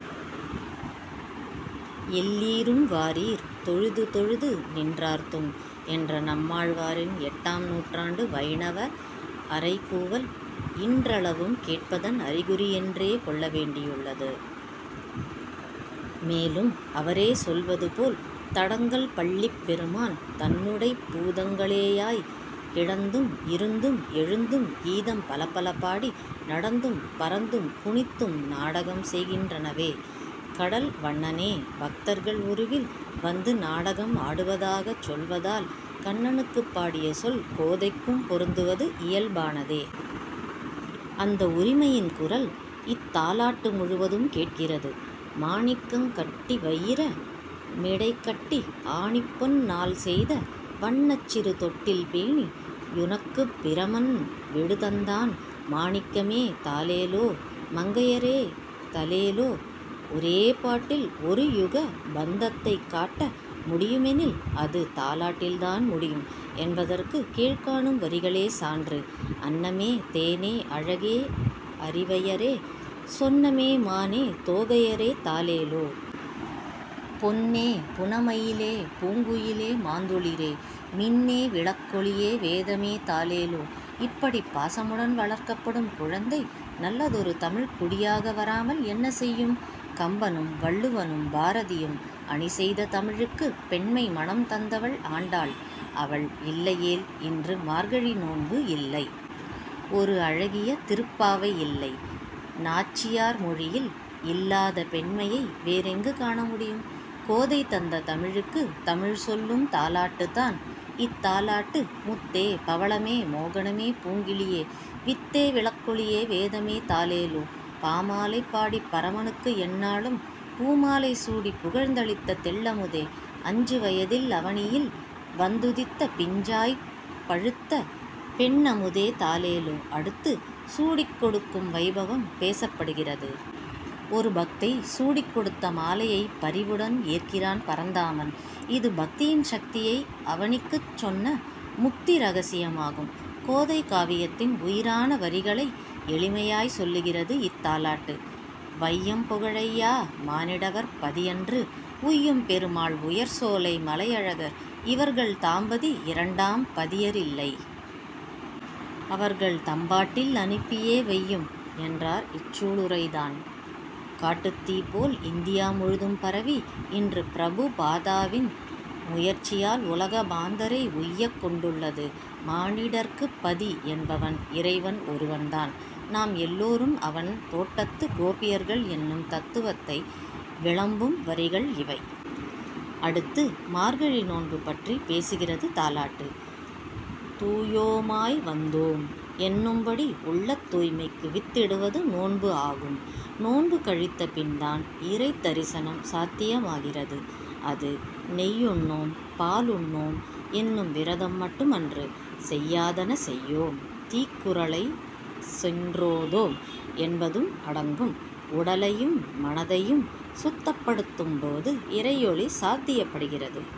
எல்லீரும் வாரீர், தொழுது, தொழுது நின்றார்த்தும்! " என்ற நம்மாழ்வாரின் எட்டாம் நூற்றாண்டு வைணவ அறைகூவல் இன்றளவும் கேட்பதன் அறிகுறியென்றே கொள்ள வேண்டியுள்ளது. மேலும் அவரே சொல்வது போல், "தடங்கல் பள்ளிப் பெருமான், தன்னுடைப் பூதங்களேயாய் கிடந்தும், இருந்தும், எழுந்தும், கீதம் பலபல பாடி, நடந்தும், பரந்தும், குனித்தும் நாடகம் செய்கின்றனவே" கடல் வண்ணனே, பக்தர்கள் உருவில் வந்து நாடகம் ஆடுவதாகச் சொல்வதால், கண்ணனுக்குப் பாடிய சொல் கோதைக்கும் பொருந்துவது இயல்பானதே. அந்த உரிமையின் குரல் இத்தாலாட்டு முழுவதும் கேட்கிறது. மாணிக்கங் கட்டிவயிர மிடைக்கட்டி ஆணிப்பொன் னால்செய்த வண்ணச் சிறுதொட்டில் பேணி யுனக்குப் பிரமன் விடுதந்தான் மாணிக்கமே தாலேலோ மங்கையரே தலேலோ, ஒரே பாட்டில் ஒரு யுக பந்தத்தைக் காட்ட முடியுமெனில் அது தாலாட்டில்தான் முடியும் என்பதற்கு கீழ்க்காணும் வரிகளே சான்று; அன்னமே தேனே அழகே அரிவையரே சொன்னமே மானே தோகையரே தாலேலோ. பொன்னே புனமயிலே பூங்குயிலே மாந்துளிரே மின்னே விளக்கொளியே வேதமே தாலேலோ, இப்படிப் பாசமுடன் வளர்க்கப்படும் குழந்தை நல்லதொரு தமிழ்க் குடியாக வராமல் என்ன செய்யும்? கம்பனும், வள்ளுவனும், பாரதியும் அணி செய்த தமிழுக்குப் பெண்மை மணம் தந்தவள் ஆண்டாள். அவள் இல்லையேல் இன்று மார்கழி நோன்பு இல்லை. ஒரு அழகிய திருப்பாவையில்லை. நாச்சியார் மொழியில் இல்லாத பெண்மையை வேறெங்கு காணமுடியும்? கோதை தந்த தமிழுக்கு, தமிழ் சொல்லும் தாலாட்டுதான், இத்தாலாட்டு: முத்தே பவளமே மோகனமே பூங்கிளியே வித்தே விளக்கொளியே வேதமே தாலேலோ, "பாமாலை பாடிப் பரமனுக்கு என்னாளும் பூமாலை சூடிப் புகழ்தளித்த தெள்ளமுதே"!! அஞ்சு வயதில் அவனியில் வந்துதித்த பிஞ்சாய்ப் பழுத்த பெண்ணமுதே தாலேலோ, அடுத்து, சூடிக் கொடுக்கும் வைபவம் பேசப் படுகிறது. ஒரு பக்தை சூடிக் கொடுத்த மாலையைப் பரிவுடன் ஏற்கிறான் பரந்தாமன். இது பக்தியின் சக்தியை அவனிக்குச் சொன்ன முக்தி இரகசியமாகும். கோதை காவியத்தின் உயிரான வரிகளை எளிமையாய் சொல்கிறது இத்தாலாட்டு: வையம் புகழய்யா! மானிடவர் பதியன்று. "உய்யும் பெருமாள் உயர்சோலை மலையழகர் இவர்கள் தாம்பதி இரண்டாம் பதியரில்லை!! அவர்கள் தம்பாட்டில் அனுப்பியே வையும்!!! என்றார் இச்சூளுரைதான், காட்டுத்தீ போல் இந்தியா முழுதும் பரவி, இன்று பிரபு பாதாவின் முயற்சியால் உலக மாந்தரை உய்யக் கொண்டுள்ளது. மானிடர்க்குப் பதி என்பவன் இறைவன் ஒருவன்தான். நாம் எல்லோரும் அவன் தோட்டத்து கோபியர்கள் என்னும் தத்துவத்தை விளம்பும் வரிகள் இவை. அடுத்து மார்கழி நோன்பு பற்றிப் பேசுகிறது தாலாட்டு. "தூயோமாய் வந்தோம்" என்னும்படி உள்ளத் தூய்மைக்கு வித்திடுவது நோன்பு ஆகும். நோன்பு கழித்த பின்தான் இறைத் தரிசனம் சாத்தியமாகிறது. அது "நெய்யுண்ணோம், பாலுண்ணோம்" என்னும் விரதம் மட்டுமன்று, "செய்யாதன செய்யோம், தீக்குறளை சென்றோதோம்" என்பதும் அடங்கும். உடலையும், மனதையும் சுத்தப் படுத்தும் போது இறையொளி சாத்தியப் படுகிறது.